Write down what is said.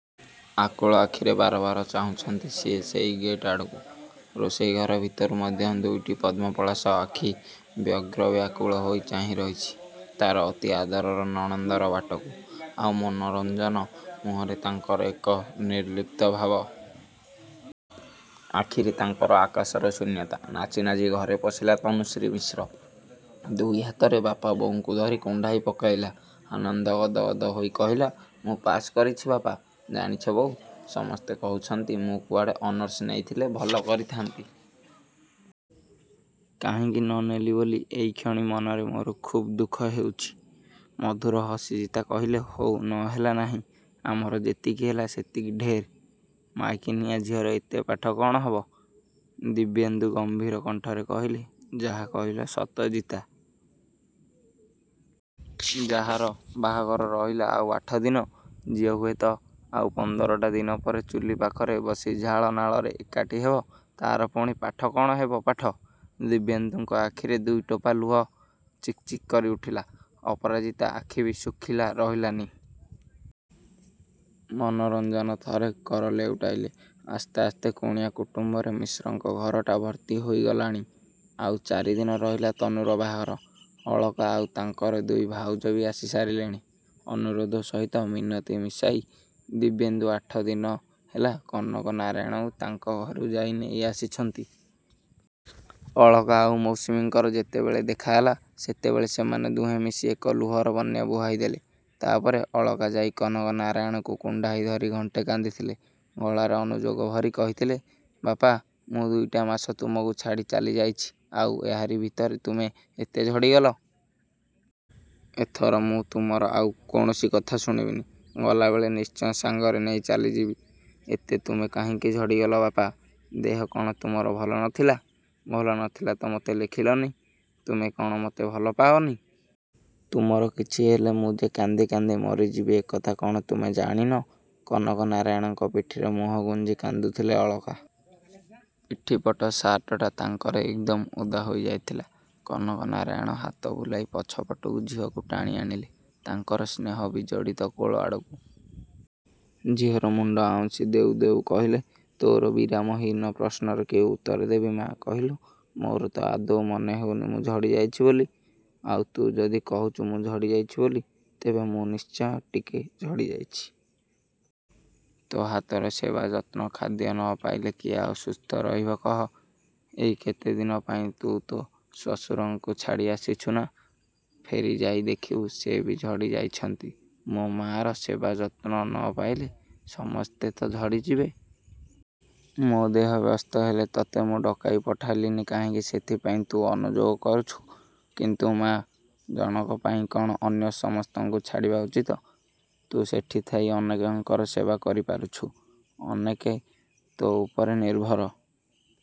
ଆକୁଳ ଆଖିରେ ବାର ବାର ଚାହୁଁଛନ୍ତି ସିଏ ସେହି ଗେଟ୍ ଆଡ଼କୁ। ରୋଷେଇ ଘର ଭିତରୁ ମଧ୍ୟ ଦୁଇଟି ପଦ୍ମପଳାଶ ଆଖି ବ୍ୟଗ୍ର ବ୍ୟାକୁଳ ହୋଇ ଚାହିଁ ରହିଛି ତା'ର ଅତି ଆଦରର ନଣନ୍ଦର ବାଟକୁ। ଆଉ ମନୋରଞ୍ଜନ, ମୁହଁରେ ତାଙ୍କର ଏକ ନିର୍ଲିପ୍ତ ଭାବ। ଆଖିରେ ତାଙ୍କର ଆକାଶର ଶୂନ୍ୟତା। ନାଚି ନାଚି ଘରେ ପଶିଲା ତନୁଶ୍ରୀ ମିଶ୍ର। ଦୁଇ ହାତରେ ବାପା ବୋଉଙ୍କୁ ଧରି କୁଣ୍ଢାଇ ପକାଇଲା। ଆନନ୍ଦ ଗଦ ଗଦ ହୋଇ କହିଲା ମୁଁ ପାସ୍ କରିଛି ବାପା। ଜାଣିଛ ବୋଉ, ସମସ୍ତେ କହୁଛନ୍ତି ମୁଁ କୁଆଡ଼େ ଅନର୍ସ ନେଇଥିଲେ ଭଲ କରିଥାନ୍ତି। କାହିଁକି ନ ନେଲି ବୋଲି ଏଇକ୍ଷଣି ମନରେ ମୋର ଖୁବ୍ ଦୁଃଖ ହେଉଛି। ମଧୁର ହସି ଜିତା କହିଲେ ହଉ, ନ ହେଲା ନାହିଁ। ଆମର ଯେତିକି ହେଲା, ସେତିକି ଢେର୍। ମାଇକିନିଆ ଝିଅର ଏତେ ପାଠ କ'ଣ ହେବ। ଦିବ୍ୟେନ୍ଦୁ ଗମ୍ଭୀର କଣ୍ଠରେ କହିଲେ ଯାହା କହିଲ ସତ ଜିତା। ଯାହାର ବାହାଘର ରହିଲା ଆଉ ଆଠଦିନ, ଯିଏ ହୁଏତ ଆଉ ପନ୍ଦରଟା ଦିନ ପରେ ଚୁଲି ପାଖରେ ବସି ଝାଳ ନାଳରେ ଏକାଠି ହେବ, ତା'ର ପୁଣି ପାଠ, କ'ଣ ହେବ ପାଠ। ଦିବ୍ୟେନ୍ଦୁଙ୍କ ଆଖିରେ ଦୁଇଟୋପା ଲୁହ ଚିକ୍ ଚିକ୍ କରି ଉଠିଲା। ଅପରାଜିତା ଆଖି ବି ଶୁଖିଲା ରହିଲାନି। ମନୋରଞ୍ଜନ ଥରେ କର ଲେଉଟାଇଲେ। ଆସ୍ତେ ଆସ୍ତେ କୁଣିଆ କୁଟୁମ୍ବରେ ମିଶ୍ରଙ୍କ ଘରଟା ଭର୍ତ୍ତି ହୋଇଗଲାଣି। ଆଉ ଚାରିଦିନ ରହିଲା ତନୁର ବାହାଘର। ଅଳକା ଆଉ ତାଙ୍କର ଦୁଇ ଭାଉଜ ବି ଆସି ସାରିଲେଣି। ଅନୁରୋଧ ସହିତ ମିନତି ମିଶାଇ ଦିବ୍ୟେନ୍ଦୁ ଆଠଦିନ ହେଲା କନକ ନାରାୟଣଙ୍କୁ ତାଙ୍କ ଘରୁ ଯାଇ ନେଇ ଆସିଛନ୍ତି। ଅଳକା ଆଉ ମୌସୁମୀଙ୍କର ଯେତେବେଳେ ଦେଖାହେଲା, ସେତେବେଳେ ସେମାନେ ଦୁହେଁ ମିଶି ଏକ ଲୁହର ବନ୍ୟା ବୁହାଇ ଦେଲେ। ତା' ପରେ ଅଳକା ଯାଇ କନକନାରାୟଣଙ୍କୁ କୁଣ୍ଢାଇ ଧରି ଘଣ୍ଟେ କାନ୍ଦିଥିଲେ। ଗଳାରେ ଅନୁଯୋଗ ଭରି କହିଥିଲେ, ବାପା! ମୁଁ ଦୁଇଟା ମାସ ତୁମକୁ ଛାଡ଼ି ଚାଲି ଯାଇଛି ଆଉ ଏହାରି ଭିତରେ ତୁମେ ଏତେ ଝଡ଼ି ଗଲ! ଏଥର ମୁଁ ତୁମର ଆଉ କୌଣସି କଥା ଶୁଣିବିନି। ଗଲା ବେଳେ ନିଶ୍ଚୟ ସାଙ୍ଗରେ ନେଇ ଚାଲି ଯିବି। ଏତେ ତୁମେ କାହିଁକି ଝଡ଼ି ଗଲ ବାପା? ଦେହ କ'ଣ ତୁମର ଭଲ ନଥିଲା? ଭଲ ନଥିଲା ତ ମତେ ଲେଖିଲନି? ତୁମେ କ'ଣ ମତେ ଭଲ ପାଅନି? ତୁମର କିଛି ହେଲେ ମୁଁ ଯେ କାନ୍ଦି କାନ୍ଦି ମରିଯିବି ଏ କଥା କ'ଣ ତୁମେ ଜାଣିନ? କନକନାରାୟଣଙ୍କ ପିଠିରେ ମୁହଁ ଗୁଞ୍ଜି କାନ୍ଦୁଥିଲେ ଅଳକା। ପିଠିପଟ ସାର୍ଟଟା ତାଙ୍କର ଏକଦମ୍ ଓଦା ହୋଇ ଯାଇଥିଲା। କନକନାରାୟଣ ହାତ ବୁଲାଇ ପଛପଟୁ ଝିଅକୁ ଟାଣି ଆଣିଲେ ତାଙ୍କର ସ୍ନେହ ବିଜଡ଼ିତ କୋଳ ଆଡ଼କୁ। ଝିଅର ମୁଣ୍ଡ ଆଉଁସି ଦେଉ ଦେଉ କହିଲେ, ତୋର ବିରାମହୀନ ପ୍ରଶ୍ନର କି ଉତ୍ତର ଦେବି ମା' କହିଲୁ? ମୋର ତ ଆଦୌ ମନେ ହେଉନି ମୁଁ ଝଡ଼ି ଯାଇଛି ବୋଲି। ଆଉ ତୁ ଯଦି କହୁଛୁ ମୁଁ ଝଡ଼ି ଯାଇଛି ବୋଲି, ତେବେ ମୁଁ ନିଶ୍ଚୟ ଟିକେ ଝଡ଼ି ଯାଇଛି। ତୋ ହାତର ସେବା, ଯତ୍ନ, ଖାଦ୍ୟ ନ ପାଇଲେ କିଏ ଆଉ ସୁସ୍ଥ ରହିବ କହ? ଏଇ କେତେଦିନ ପାଇଁ ତୁ ତୋ ଶ୍ୱଶୁରଙ୍କୁ ଛାଡ଼ି ଆସିଛୁ ନା? ଫେରି ଯାଇ ଦେଖିବୁ ସେ ବି ଝଡ଼ି ଯାଇଛନ୍ତି। ମୋ ମାଆର ସେବା ଯତ୍ନ ନ ପାଇଲେ ସମସ୍ତେ ତ ଝଡ଼ି ଯିବେ। ମୋ ଦେହ ବ୍ୟସ୍ତ ହେଲେ ତତେ ମୁଁ ଡକାଇ ପଠାଇଲିନି କାହିଁକି ସେଥିପାଇଁ ତୁ ଅନୁଯୋଗ କରୁଛୁ। କିନ୍ତୁ ମାଆ ଜଣକ ପାଇଁ କ'ଣ ଅନ୍ୟ ସମସ୍ତଙ୍କୁ ଛାଡ଼ିବା ଉଚିତ? ତୁ ସେଠି ଥାଇ ଅନେକଙ୍କର ସେବା କରି ପାରୁଛୁ, ଅନେକେ ତୋ ଉପରେ ନିର୍ଭର।